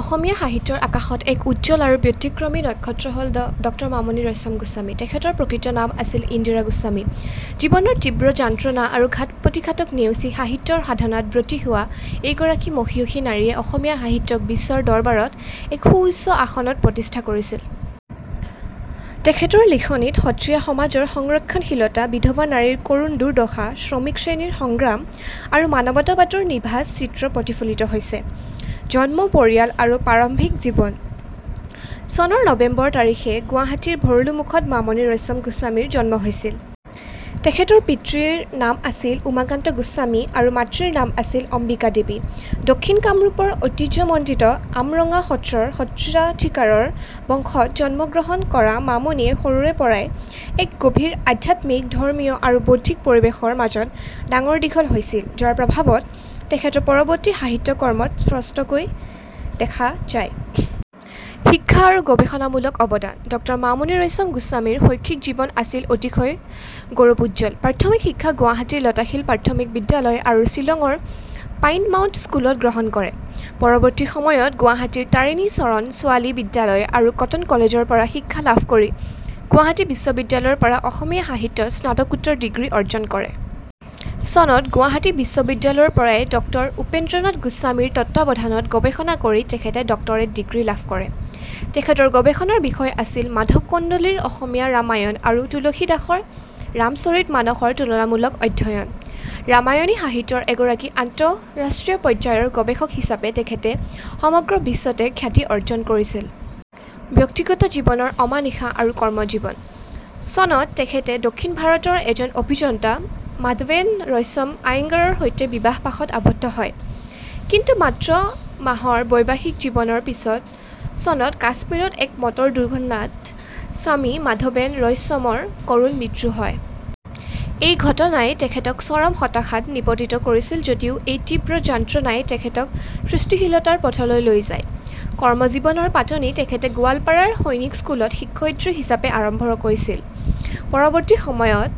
অসমীয়া সাহিত্যৰ আকাশত এক উজ্জ্বল আৰু ব্যতিক্ৰমী নক্ষত্ৰ হ'ল ড মামণি ৰয়চম গোস্বামী। তেখেতৰ প্ৰকৃত নাম আছিল ইন্দিৰা গোস্বামী। জীৱনৰ তীব্ৰ যন্ত্ৰণা আৰু ঘাট-প্ৰতিঘাতক নেওচি সাহিত্য সাধনাত ব্ৰতী হোৱা এইগৰাকী মহিয়সী নাৰীয়ে অসমীয়া সাহিত্যক বিশ্বৰ দৰবাৰত এক সুউচ্চ আসনত প্ৰতিষ্ঠা কৰিছিল। তেখেতৰ লিখনিত সত্ৰীয়া সমাজৰ সংৰক্ষণশীলতা, বিধৱা নাৰীৰ কৰুণ দুৰ্দশা, শ্ৰমিক শ্ৰেণীৰ সংগ্ৰাম আৰু মানৱতাবাদৰ নিভাঁজ চিত্ৰ প্ৰতিফলিত হৈছে। জন্ম, পৰিয়াল আৰু প্ৰাৰম্ভিক জীৱন: চনৰ নৱেম্বৰ তাৰিখে গুৱাহাটীৰ ভৰলুমুখত মামণি ৰয়চম গোস্বামীৰ জন্ম হৈছিল। তেখেতৰ পিতৃৰ নাম আছিল উমাকান্ত গোস্বামী আৰু মাতৃৰ নাম আছিল অম্বিকা দেৱী। দক্ষিণ কামৰূপৰ ঐতিহ্যমণ্ডিত আমৰঙা সত্ৰৰ সত্ৰাধিকাৰৰ বংশত জন্মগ্ৰহণ কৰা মামণিয়ে সৰুৰে পৰাই এক গভীৰ আধ্যাত্মিক, ধৰ্মীয় আৰু বৌদ্ধিক পৰিৱেশৰ মাজত ডাঙৰ-দীঘল হৈছিল, যাৰ প্ৰভাৱ তেখেতৰ পৰৱৰ্তী সাহিত্যকৰ্মত স্পষ্টকৈ দেখা যায়। শিক্ষা আৰু গৱেষণামূলক অৱদান: ড মামণি ৰয়চম গোস্বামীৰ শৈক্ষিক জীৱন আছিল অতিশয় গৌৰৱোজ্জ্বল: প্ৰাথমিক শিক্ষা গুৱাহাটীৰ লতাশিল প্ৰাথমিক বিদ্যালয় আৰু শ্বিলঙৰ পাইন মাউণ্ট স্কুলত গ্ৰহণ কৰে। পৰৱৰ্তী সময়ত গুৱাহাটীৰ তাৰিণী চৰণ ছোৱালী বিদ্যালয় আৰু কটন কলেজৰ পৰা শিক্ষা লাভ কৰি গুৱাহাটী বিশ্ববিদ্যালয়ৰ পৰা অসমীয়া সাহিত্যত স্নাতকোত্তৰ ডিগ্ৰী অৰ্জন কৰে। চনত গুৱাহাটী বিশ্ববিদ্যালয়ৰ পৰাই ড উপেন্দ্ৰনাথ গোস্বামীৰ তত্ত্বাৱধানত গৱেষণা কৰি তেখেতে ডক্টৰেট ডিগ্ৰী লাভ কৰে। তেখেতৰ গৱেষণাৰ বিষয় আছিল— 'মাধৱ কন্দলীৰ অসমীয়া ৰামায়ণ আৰু তুলসীদাসৰ ৰামচৰিত মানসৰ তুলনামূলক অধ্যয়ন'। ৰামায়ণী সাহিত্যৰ এগৰাকী আন্তঃৰাষ্ট্ৰীয় পৰ্যায়ৰ গৱেষক হিচাপে তেখেতে সমগ্ৰ বিশ্বতে খ্যাতি অৰ্জন কৰিছিল। ব্যক্তিগত জীৱনৰ অমানিশা আৰু কৰ্মজীৱন: চনত তেখেতে দক্ষিণ ভাৰতৰ এজন অভিযন্তা মাধৱেন ৰয়চম আয়েংগাৰৰ সৈতে বিবাহপাশত আৱদ্ধ হয়। কিন্তু মাত্ৰ মাহৰ বৈবাহিক জীৱনৰ পিছত চনত কাশ্মীৰত এক মটৰ দুৰ্ঘটনাত স্বামী মাধৱেন ৰয়চমৰ কৰুণ মৃত্যু হয়। এই ঘটনাই তেখেতক চৰম হতাশাত নিপতিত কৰিছিল যদিও, এই তীব্ৰ যন্ত্ৰণায়েই তেখেতক সৃষ্টিশীলতাৰ পথলৈ লৈ যায়। কৰ্মজীৱনৰ পাতনি তেখেতে গোৱালপাৰাৰ সৈনিক স্কুলত শিক্ষয়িত্ৰী হিচাপে আৰম্ভ কৰিছিল। পৰৱৰ্তী সময়ত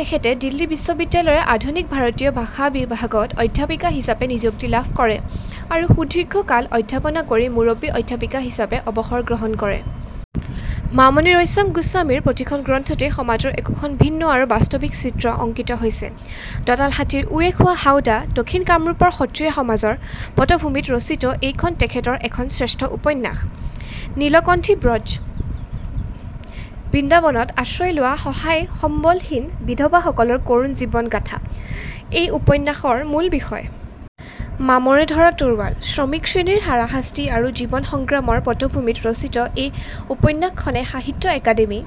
তেখেতে দিল্লী বিশ্ববিদ্যালয়ৰ আধুনিক ভাৰতীয় ভাষা বিভাগত অধ্যাপিকা হিচাপে নিযুক্তি লাভ কৰে আৰু সুদীৰ্ঘ কাল অধ্যাপনা কৰি মুৰব্বী অধ্যাপিকা হিচাপে অৱসৰ গ্ৰহণ কৰে। মামণি ৰয়চম গোস্বামীৰ প্ৰতিখন গ্ৰন্থতেই সমাজৰ একোখন ভিন্ন আৰু বাস্তৱিক চিত্ৰ অংকিত হৈছে: 'দঁতাল হাতীৰ উঁয়ে খোৱা হাওদা': দক্ষিণ কামৰূপৰ সত্ৰীয়া সমাজৰ পটভূমিত ৰচিত এইখন তেখেতৰ এখন শ্ৰেষ্ঠ উপন্যাস। 'নীলকণ্ঠী ব্ৰজ': বৃন্দাবনত আশ্ৰয় লোৱা সহায়-সম্বলহীন বিধৱাসকলৰ কৰুণ জীৱনগাথা এই উপন্যাসৰ মূল বিষয়। 'মামৰে ধৰা তৰোৱাল': শ্ৰমিক শ্ৰেণীৰ হাৰাশাস্তি আৰু জীৱন সংগ্ৰামৰ পটভূমিত ৰচিত এই উপন্যাসখনে সাহিত্য অকাডেমি